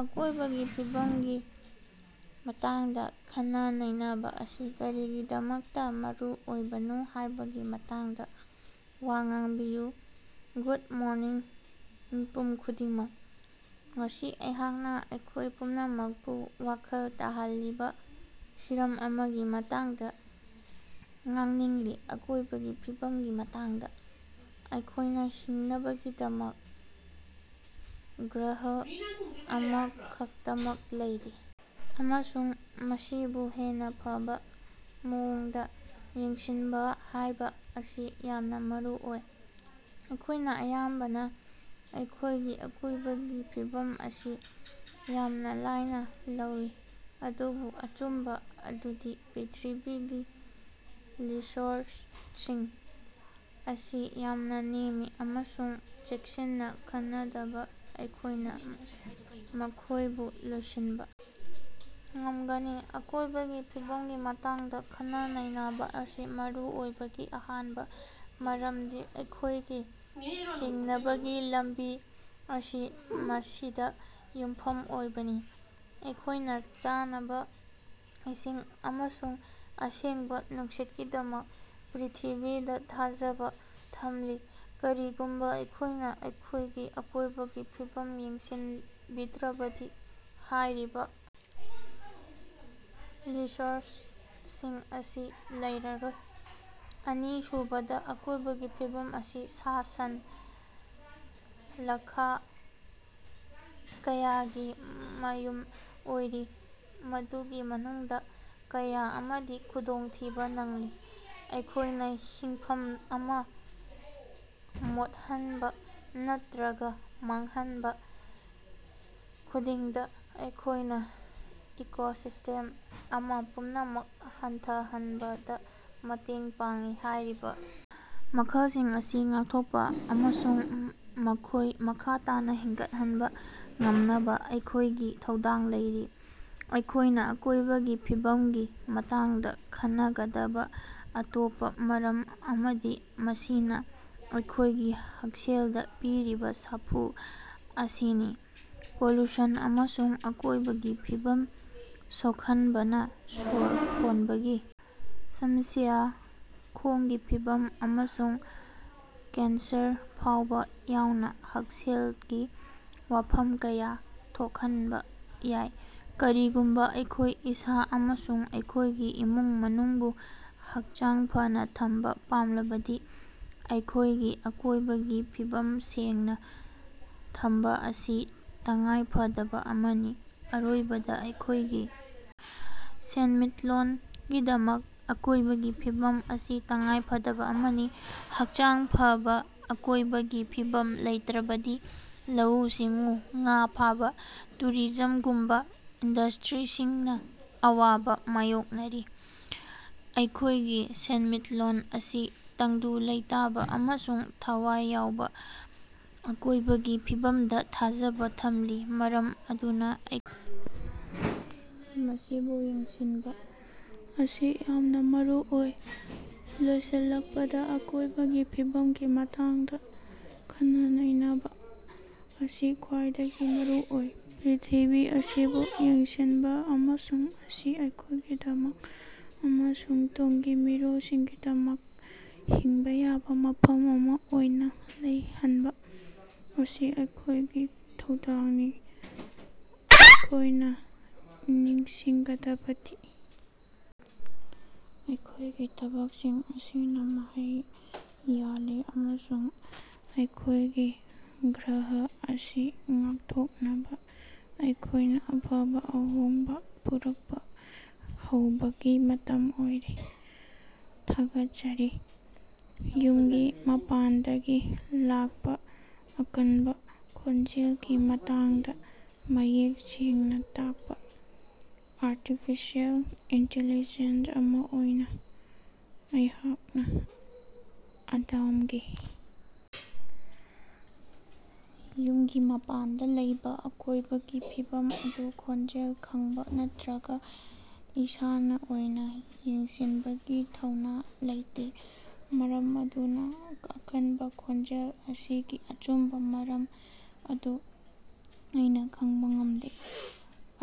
ꯑꯀꯣꯢꯕꯒꯤ ꯐꯤꯕꯝꯒꯤ ꯃꯇꯥꯡꯗ ꯈꯟꯅ-ꯅꯩꯅꯕ ꯑꯁꯤ ꯀꯔꯤꯒꯤꯗꯃꯛꯇ ꯃꯔꯨꯑꯣꯏꯕꯅꯣ ꯍꯥꯢꯕꯒꯤ ꯃꯇꯥꯡꯗ ꯋꯥ ꯉꯥꯡꯕꯤꯌꯨ꯫ ꯒꯨꯗ ꯃꯣꯔꯅꯤꯡ ꯃꯤꯄꯨꯝ ꯈꯨꯗꯤꯡꯃꯛ꯫ ꯉꯁꯤ ꯑꯩꯍꯥꯛꯅꯥ ꯑꯩꯈꯣꯢ ꯄꯨꯝꯅꯃꯛꯄꯨ ꯋꯥꯈꯜ ꯇꯥꯍꯜꯂꯤꯕ ꯍꯤꯔꯝ ꯑꯃꯒꯤ ꯃꯇꯥꯡꯗ ꯉꯥꯡꯅꯤꯡꯂꯤ ꯑꯀꯣꯢꯕꯒꯤ ꯐꯤꯕꯝꯒꯤ ꯃꯇꯥꯡꯗ꯫ ꯑꯩꯈꯣꯢꯅ ꯍꯤꯡꯅꯕꯒꯤꯗꯃꯛ ꯒ꯭ꯔꯍ ꯑꯃꯈꯛꯇꯃꯛ ꯂꯩꯔꯤ ꯑꯃꯁꯨꯡ ꯃꯁꯤꯕꯨ ꯍꯦꯟꯅ ꯐꯕ ꯃꯑꯣꯡꯗ ꯌꯦꯡꯁꯤꯟꯕ ꯍꯥꯏꯕ ꯑꯁꯤ ꯌꯥꯝꯅ ꯃꯔꯨꯑꯣꯏ꯫ ꯑꯩꯈꯣꯢꯅ ꯑꯌꯥꯝꯕꯅ ꯑꯩꯈꯣꯢꯒꯤ ꯑꯀꯣꯢꯕꯒꯤ ꯐꯤꯕꯝ ꯑꯁꯤ ꯌꯥꯝꯅ ꯂꯥꯏꯅ ꯂꯧꯏ ꯑꯗꯨꯕꯨ ꯑꯆꯨꯝꯕ ꯑꯗꯨꯗꯤ ꯄ꯭ꯔꯤꯊꯤꯕꯤꯒꯤ ꯔꯤꯁꯣꯔꯁꯁꯤꯡ ꯑꯁꯤ ꯌꯥꯝꯅ ꯅꯦꯝꯃꯤ ꯑꯃꯁꯨꯡ ꯆꯦꯛꯁꯤꯟꯅ ꯈꯟꯅꯗꯅ ꯑꯩꯈꯣꯢꯅ ꯃꯈꯣꯢꯕꯨ ꯂꯣꯏꯁꯤꯟꯕ ꯉꯝꯒꯅꯤ꯫ ꯑꯀꯣꯢꯕꯒꯤ ꯐꯤꯕꯝꯒꯤ ꯃꯇꯥꯡꯗ ꯈꯟꯅ-ꯅꯩꯅꯕ ꯑꯁꯤ ꯃꯔꯨ ꯑꯣꯏꯕꯒꯤ ꯑꯍꯥꯟꯕ ꯃꯔꯝꯗꯤ ꯑꯩꯈꯣꯢꯒꯤ ꯍꯤꯡꯅꯕꯒꯤ ꯂꯝꯕꯤ ꯑꯁꯤ ꯃꯁꯤꯗ ꯌꯨꯝꯐꯝ ꯑꯣꯏꯕꯅꯤ꯫ ꯑꯩꯈꯣꯢꯅ ꯆꯥꯅꯕ, ꯏꯁꯤꯡ ꯑꯃꯁꯨꯡ ꯑꯁꯦꯡꯕ ꯅꯨꯡꯁꯤꯠꯀꯤꯗꯃꯛ ꯄ꯭ꯔꯤꯊꯤꯕꯤꯗ ꯊꯥꯖꯕ ꯊꯝꯂꯤ꯫ ꯀꯔꯤꯒꯨꯝꯕ ꯑꯩꯈꯣꯢꯅ ꯑꯩꯈꯣꯢꯒꯤ ꯑꯀꯣꯢꯕꯒꯤ ꯐꯤꯕꯝ ꯌꯦꯡꯁꯤꯟꯕꯤꯗ꯭ꯔꯕꯗꯤ ꯍꯥꯢꯔꯤꯕ ꯔꯤꯁꯣꯔꯁꯁꯤꯡ ꯑꯁꯤ ꯂꯩꯔꯔꯣꯏ꯫ ꯑꯅꯤꯁꯨꯕꯗ ꯑꯀꯣꯢꯕꯒꯤ ꯐꯤꯕꯝ ꯑꯁꯤ ꯁꯥ-ꯁꯟ ꯂꯥꯈ ꯀꯌꯥꯒꯤ ꯃꯌꯨꯝ ꯑꯣꯏꯔꯤ ꯃꯗꯨꯒꯤ ꯃꯅꯨꯡꯗ ꯀꯌꯥ ꯑꯃꯗꯤ ꯈꯨꯗꯣꯡꯊꯤꯕꯥ ꯅꯪꯂꯤ꯫ ꯑꯩꯈꯣꯢꯅ ꯍꯤꯡꯐꯝ ꯑꯃ ꯃꯣꯠꯍꯟꯕ ꯅꯠꯇ꯭ꯔꯒ ꯃꯥꯡꯍꯟꯕ ꯈꯨꯗꯤꯡꯗ ꯑꯩꯈꯣꯢꯅ ꯏꯀꯣꯁꯤꯁꯇꯦꯝ ꯑꯃ ꯄꯨꯝꯅꯃꯛ ꯍꯟꯊꯍꯟꯕꯗ ꯃꯇꯦꯡ ꯄꯥꯡꯏ꯫ ꯍꯥꯢꯔꯤꯕ ꯃꯈꯜꯁꯤꯡ ꯑꯁꯤ ꯉꯥꯛꯊꯣꯛꯄ ꯑꯃꯁꯨꯡ ꯃꯈꯣꯢ ꯃꯈꯥ ꯇꯥꯅ ꯍꯤꯡꯒꯠꯍꯟꯕ ꯉꯝꯅꯕ ꯑꯩꯈꯣꯢꯒꯤ ꯊꯧꯗꯥꯡ ꯂꯩꯔꯤ꯫ ꯑꯩꯈꯣꯢꯅ ꯑꯀꯣꯢꯕꯒꯤ ꯐꯤꯕꯝꯒꯤ ꯃꯇꯥꯡꯗ ꯈꯟꯅꯒꯗꯕ ꯑꯇꯣꯞꯄ ꯃꯔꯝ ꯑꯃꯗꯤ ꯃꯁꯤꯅ ꯑꯩꯈꯣꯢꯒꯤ ꯍꯛꯁꯦꯜꯗ ꯄꯤꯔꯤꯕ ꯁꯥꯐꯨ ꯑꯁꯤꯅꯤ꯫ ꯄꯣꯂꯨꯁꯟ ꯑꯃꯁꯨꯡ ꯑꯀꯣꯢꯕꯒꯤ ꯐꯤꯕꯝ ꯁꯣꯛꯍꯟꯕꯅ ꯁꯣꯔ ꯍꯣꯟꯕꯒꯤ ꯁꯃꯁ꯭ꯌꯥ, ꯈꯣꯡꯒꯤ ꯐꯤꯚꯝ ꯑꯃꯁꯨꯡ ꯀꯦꯟꯁꯔ ꯐꯥꯎꯕꯥ ꯌꯥꯎꯅ ꯍꯛꯁꯦꯜꯒꯤ ꯋꯥꯐꯝ ꯀꯌꯥ ꯊꯣꯛꯍꯟꯕ ꯌꯥꯏ꯫ ꯀꯔꯤꯒꯨꯝꯕ ꯑꯩꯈꯣꯢ ꯏꯁꯥ ꯑꯃꯁꯨꯡ ꯑꯩꯈꯣꯢꯒꯤ ꯏꯃꯨꯡ ꯃꯅꯨꯡꯕꯨ ꯍꯛꯆꯥꯡ ꯐꯅꯥ ꯊꯝꯕ ꯄꯥꯝꯂꯕꯗꯤ ꯑꯩꯈꯣꯢꯒꯤ ꯑꯀꯣꯢꯕꯒꯤ ꯐꯤꯕꯝ ꯁꯦꯡꯅ ꯊꯝꯕ ꯑꯁꯤ ꯇꯉꯥꯏꯐꯗꯕ ꯑꯃꯅꯤ꯫ ꯑꯔꯣꯏꯕꯗꯥ ꯑꯩꯈꯣꯢꯒꯤ ꯁꯦꯟꯃꯤꯠꯂꯣꯟꯒꯤꯗꯃꯛ ꯑꯀꯣꯢꯕꯒꯤ ꯐꯤꯕꯝ ꯑꯁꯤ ꯇꯉꯥꯏꯐꯗꯕ ꯑꯃꯅꯤ꯫ ꯍꯛꯆꯥꯡ ꯐꯕ ꯑꯀꯣꯢꯕꯒꯤ ꯐꯤꯕꯝ ꯂꯩꯇ꯭ꯔꯕꯗꯤ ꯂꯧꯎ-ꯁꯤꯡꯎ, ꯉꯥ ꯐꯥꯕꯥ, ꯇꯨꯔꯤꯖꯝꯒꯨꯝꯕ ꯏꯟꯗꯁꯇ꯭ꯔꯤꯁꯤꯡꯅ ꯑꯋꯥꯕꯥ ꯃꯥꯌꯣꯛꯅꯔꯤ꯫ ꯑꯩꯈꯣꯢꯒꯤ ꯁꯦꯟꯃꯤꯠꯂꯣꯟ ꯑꯁꯤ ꯇꯪꯗꯨ ꯂꯩꯇꯥꯕ ꯑꯃꯁꯨꯡ ꯊꯋꯥꯏ ꯌꯥꯎꯕ ꯑꯀꯣꯢꯕꯒꯤ ꯐꯤꯕꯝꯗ ꯊꯥꯖꯕ ꯊꯝꯂꯤ ꯃꯔꯝ ꯑꯗꯨꯅ ꯑꯩꯈꯣꯢꯅ ꯃꯁꯤꯕꯨ ꯌꯦꯡꯁꯤꯟꯕꯥ ꯑꯁꯤ ꯌꯥꯝꯅ ꯃꯔꯨꯑꯣꯏ꯫ ꯂꯣꯏꯁꯤꯜꯂꯛꯄꯗ ꯑꯀꯣꯢꯕꯒꯤ ꯐꯤꯕꯝꯒꯤ ꯃꯇꯥꯡꯗ ꯈꯟꯅ-ꯅꯩꯅꯕ ꯑꯁꯤ ꯈ꯭ꯋꯥꯏꯗꯒꯤ ꯃꯔꯨꯑꯣꯏ꯫ ꯄ꯭ꯔꯤꯊꯤꯕꯤ ꯑꯁꯤꯕꯨ ꯌꯦꯡꯁꯤꯟꯕ ꯑꯃꯁꯨꯡ ꯃꯁꯤ ꯑꯩꯈꯣꯢꯒꯤꯗꯃꯛ ꯑꯃꯁꯨꯡ ꯇꯨꯡꯒꯤ ꯃꯤꯔꯣꯜꯁꯤꯡꯒꯤꯗꯃꯛ ꯍꯤꯡꯕ ꯌꯥꯕ ꯃꯐꯝ ꯑꯃ ꯑꯣꯏꯅ ꯂꯩꯍꯟꯕ ꯑꯁꯤ ꯑꯩꯈꯣꯢꯒꯤ ꯊꯧꯗꯥꯡꯅꯤ꯫ ꯑꯩꯈꯣꯌꯅꯥ ꯅꯤꯡꯁꯤꯡꯒꯗꯕꯗꯤ ꯑꯩꯈꯣꯢꯒꯤ ꯊꯕꯛꯁꯤꯡ ꯑꯁꯤꯅ ꯃꯍꯩ ꯌꯥꯜꯂꯤ ꯑꯃꯁꯨꯡ ꯑꯩꯈꯣꯢꯒꯤ ꯒ꯭ꯔꯍ ꯑꯁꯤ ꯉꯥꯛꯊꯣꯛꯅꯕ ꯑꯩꯈꯣꯢꯅ ꯑꯐꯕ ꯑꯍꯣꯡꯕ ꯄꯨꯔꯛꯄ ꯍꯧꯕꯒꯤ ꯃꯇꯝ ꯑꯣꯏꯔꯦ꯫ ꯊꯥꯒꯠꯆꯔꯤ꯫ ꯌꯨꯝꯒꯤ ꯃꯄꯥꯟꯗꯒꯤ ꯂꯥꯛꯄ ꯑꯀꯟꯕ ꯈꯣꯟꯖꯦꯜꯒꯤ ꯃꯇꯥꯡꯗ ꯃꯌꯦꯛ ꯁꯦꯡꯅꯥ ꯇꯥꯛꯄꯥ꯫ ꯑꯥꯔꯇꯤꯐꯤꯁꯤꯑꯦꯜ ꯏꯟꯇꯤꯂꯤꯖꯦꯟ ꯑꯃ ꯑꯣꯏꯅ ꯑꯩꯍꯥꯛꯅ ꯑꯗꯣꯝꯒꯤ ꯌꯨꯝꯒꯤ ꯃꯄꯥꯟꯗ ꯂꯩꯕꯥ ꯑꯀꯣꯢꯕꯒꯤ ꯐꯤꯕꯝ ꯑꯗꯨ ꯈꯣꯟꯖꯦꯜ ꯈꯡꯕ ꯅꯠꯇ꯭ꯔꯒ ꯏꯁꯥꯅ ꯑꯣꯏꯅ ꯌꯦꯡꯁꯤꯟꯕꯒꯤ ꯊꯧꯅꯥ ꯂꯩꯇꯦ꯫ ꯃꯔꯝ ꯑꯗꯨꯅ ꯑꯀꯟꯕ ꯈꯣꯟꯖꯦꯜ ꯑꯁꯤꯒꯤ ꯑꯆꯨꯝꯕ ꯃꯔꯝ ꯑꯗꯨ ꯑꯩꯅ ꯈꯪꯕꯥ ꯉꯝꯗꯦ꯫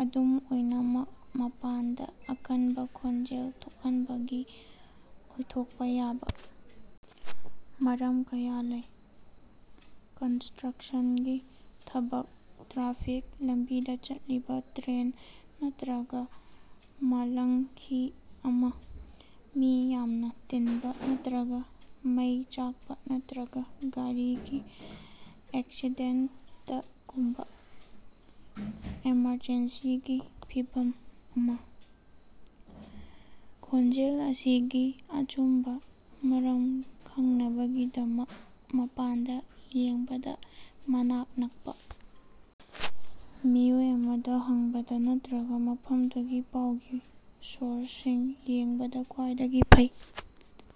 ꯑꯗꯨꯝ ꯑꯣꯏꯅꯃꯛ ꯃꯄꯥꯟꯗ ꯑꯀꯟꯕ ꯈꯣꯟꯖꯦꯜ ꯊꯣꯛꯍꯟꯕꯒꯤ ꯑꯣꯏꯊꯣꯛꯄ ꯌꯥꯕ ꯃꯔꯝ ꯀꯌꯥ ꯂꯩ: ꯀꯟꯁꯇ꯭ꯔꯛꯁꯟꯒꯤ ꯊꯕꯛ, ꯇ꯭ꯔꯥꯐꯤꯛ, ꯂꯝꯕꯤꯗ ꯆꯠꯂꯤꯕ ꯇ꯭ꯔꯦꯟ ꯅꯠꯇ꯭ꯔꯒ ꯃꯥꯂꯪꯍꯤ ꯑꯃ, ꯃꯤ ꯌꯥꯝꯅ ꯇꯤꯟꯕ ꯅꯠꯇ꯭ꯔꯒ ꯃꯩ ꯆꯥꯛꯄ ꯅꯠꯇ꯭ꯔꯒ ꯒꯥꯔꯤꯒꯤ ꯑꯦꯛꯁꯤꯗꯦꯟꯇꯒꯨꯝꯕ ꯑꯦꯃꯔꯖꯦꯟꯁꯤꯒꯤ ꯐꯤꯚꯝ ꯑꯃ꯫ ꯈꯣꯟꯖꯦꯜ ꯑꯁꯤꯒꯤ ꯑꯆꯨꯝꯕ ꯃꯔꯝ ꯈꯡꯅꯕꯒꯤꯗꯃꯛ ꯃꯄꯥꯟꯗ ꯌꯦꯡꯕꯗ ꯃꯅꯥꯛ ꯅꯛꯄ ꯃꯤꯑꯣꯏ ꯑꯃꯗ ꯍꯪꯕꯗ ꯅꯠꯇ꯭ꯔꯒ ꯃꯐꯝꯗꯨꯒꯤ ꯄꯥꯎꯒꯤ ꯁꯣꯔꯁꯁꯤꯡ ꯌꯦꯡꯕꯗ ꯈ꯭ꯋꯥꯏꯗꯒꯤ ꯐꯩ꯫